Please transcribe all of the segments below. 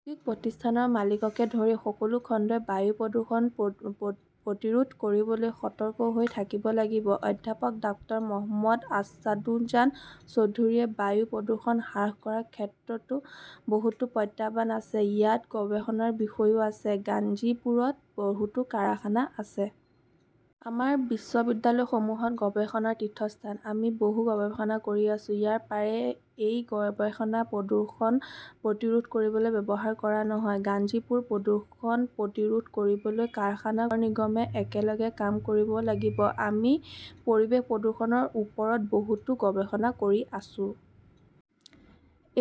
ঔদ্যোগিক প্ৰতিষ্ঠানৰ মালিককে ধৰি সকলো খণ্ডই বায়ু প্ৰদূষণ প্ৰতিৰোধ কৰিবলৈ সতৰ্ক হৈ থাকিব লাগিব। অধ্যাপক ডাক্টৰ মহম্মদ আছাদুজান চৌধুৰীৰ বায়ু প্ৰদূষণ হ্ৰাস কৰাৰ ক্ষেত্ৰত বহুতো প্ৰত্যাহ্বান আছে। ইয়াত গৱেষণাৰ বিষয়ও আছে। গাজীপুৰত বহুতো কাৰাখানা আছে। আমাৰ বিশ্ববিদ্যালয়সমূহত গৱেষণাৰ তীৰ্থস্থান। আমি বহু গৱেষণা কৰি আছো। কিন্তু প্ৰায়ে এই গৱেষণা প্ৰদূষণ প্ৰতিৰোধ কৰিবলৈ ব্যৱহাৰ কৰা নহয়। গাজীপুৰৰ প্ৰদূষণ প্ৰতিৰোধ কৰিবলৈ কাৰখানা নিগমে একেলগে কাম কৰিব লাগিব। আমি পৰিৱেশ প্ৰদূষণৰ ওপৰত বহুতো গৱেষণা কৰি আছো।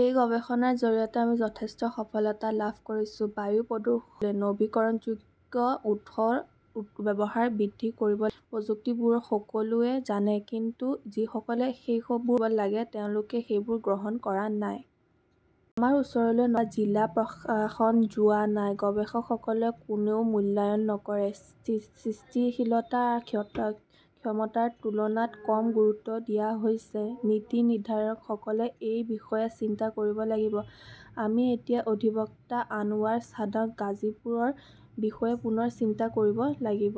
এই গৱেষণাৰ জৰিয়তে আমি যথেষ্ট সফলতা লাভ কৰিছো। বায়ু প্ৰদূষণ প্ৰতিৰোধ কৰিবলৈ নৱীকৰণযোগ্য উৎসৰ ব্যৱহাৰ বৃদ্ধি কৰিব লাগিব। এই প্ৰযুক্তিবোৰ সকলোৱে জানে, কিন্তু যিসকলে সেইবোৰ গ্ৰহণ কৰিব লাগে তেওঁলোকে সেইবোৰ গ্ৰহণ কৰা নাই। আমাৰ ওচৰলৈ নগৰ নিগম বা জিলা প্ৰশাসন যোৱা নাই। গৱেষকসকলক কোনেও মূল্যায়ন নকৰে। সৃষ্টিশীলতাক ক্ষমতাৰ তুলনাত কম গুৰুত্ব দিয়া হৈছে। নীতি নিৰ্ধাৰকসকলে এই বিষয়ে চিন্তা কৰিব লাগিব। আমি এতিয়া অধিবক্তা আনোৱাৰ ছাদাত গাজীপুৰৰ বিষয়ে পুনৰ চিন্তা কৰিব লাগিব।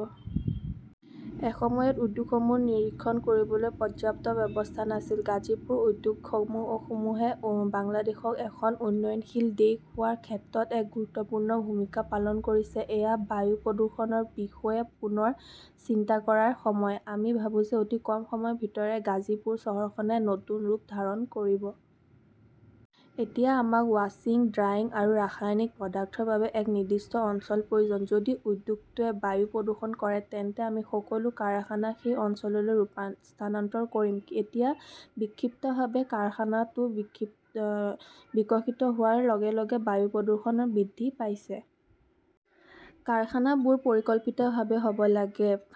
এসময়ত উদ্যোগসমূহ নিৰীক্ষণ কৰিবলৈ পৰ্যাপ্ত ব্যৱস্থা নাছিল। গাজীপুৰ উদ্যোগসমূহে বাংলাদেশক এখন উন্নয়নশীল দেশ হোৱাৰ ক্ষেত্ৰত এক গুৰুত্বপূৰ্ণ ভূমিকা পালন কৰিছে। এয়া বায়ু প্ৰদূষণৰ বিষয়ে পুনৰ চিন্তা কৰাৰ সময়। আমি ভাবো যে অতি কম সময়ৰ ভিতৰে গাজীপুৰ চহৰখনে নতুন ৰূপ ধাৰণ কৰিব। এতিয়া আমাক ৱাশ্বিং, ডাইং আৰু ৰাসায়নিক পদাৰ্থৰ বাবে এটা নিৰ্দিষ্ট অঞ্চলৰ প্ৰয়োজন। যদি উদ্যোগটোৱে বায়ু প্ৰদূষণ কৰে তেন্তে আমি সকলো কাৰখানা সেই অঞ্চললৈ স্থানান্তৰ কৰিম। এতিয়া বিক্ষিপ্তভাৱে কাৰখানাটো বিকশিত হোৱাৰ লগে লগে বায়ু প্ৰদূষণ বৃদ্ধি পাইছে। কাৰখানাবোৰ পৰিকল্পিতভাৱে হ’ব লাগিব।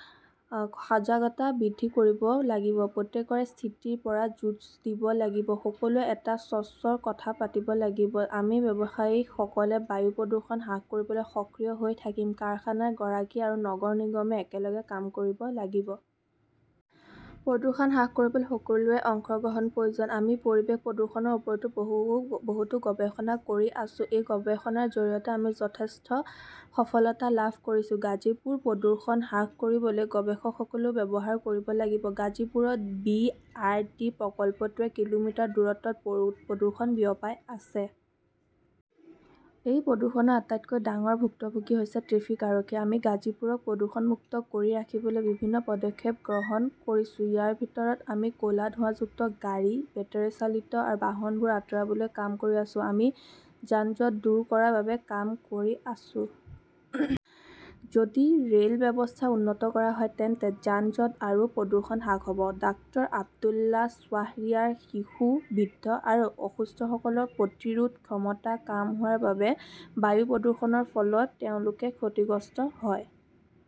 সজাগতা বৃদ্ধি কৰিব লাগিব। প্ৰত্যেকৰে স্থিতিৰ পৰা যুঁজ দিব লাগিব। সকলোৱে এটা স্বৰত কথা পাতিব লাগিব। আমি ব্যৱসায়ীসকলে বায়ু প্ৰদূষণ হ্ৰাস কৰিবলৈ সক্ৰিয় হৈ থাকিম। কাৰখানাৰ গৰাকী আৰু নগৰ নিগমে একেলগে কাম কৰিব লাগিব। প্ৰদূষণ হ্ৰাস কৰিবলৈ সকলোৰে অংশগ্ৰহণৰ প্ৰয়োজন। আমি পৰিৱেশ প্ৰদূষণৰ ওপৰত বহুতো গৱেষণা কৰি আছো। এই গৱেষণাৰ জৰিয়তে আমি যথেষ্ট সফলতা লাভ কৰিছো। গাজীপুৰ প্ৰদূষণ হ্ৰাস কৰিবলৈ গৱেষকসকলেও ব্যৱহাৰ কৰিব লাগিব। গাজীপুৰত বি আৰ টি প্ৰকল্পটোৱে কিলোমিটাৰ দূৰত্বত প্ৰদূষণ বিয়পাই আছে। এই প্ৰদূষণৰ আটাইতকৈ ডাঙৰ ভুক্তভোগী হৈছে ট্ৰেফিক আৰক্ষী। আমি গাজীপুৰক প্ৰদূষণমুক্ত কৰি ৰাখিবলৈ বিভিন্ন পদক্ষেপ গ্ৰহণ কৰিছো। ইয়াৰ ভিতৰত আমি ক 'লা ধোঁৱাযুক্ত গাড়ী, বেটাৰি চালিত বাহনবোৰ আঁতৰাবলৈ কাম কৰি আছো। আমি যান-জঁট দূৰ কৰাৰ বাবে কাম কৰি আছো। যদি ৰেল ব্যৱস্থা উন্নত কৰা হয় তেন্তে যান-জঁট আৰু প্ৰদূষণ হ্ৰাস হ’ব। ডাক্টৰ আব্দুল্লাহ শ্বাহৰিয়াৰ শিশু, বৃদ্ধ আৰু অসুস্থসকলৰ প্ৰতিৰোধ ক্ষমতা কাম হোৱাৰ বাবে বায়ু প্ৰদূষণৰ ফলত তেওঁলোকে ক্ষতিগ্ৰস্ত হয়।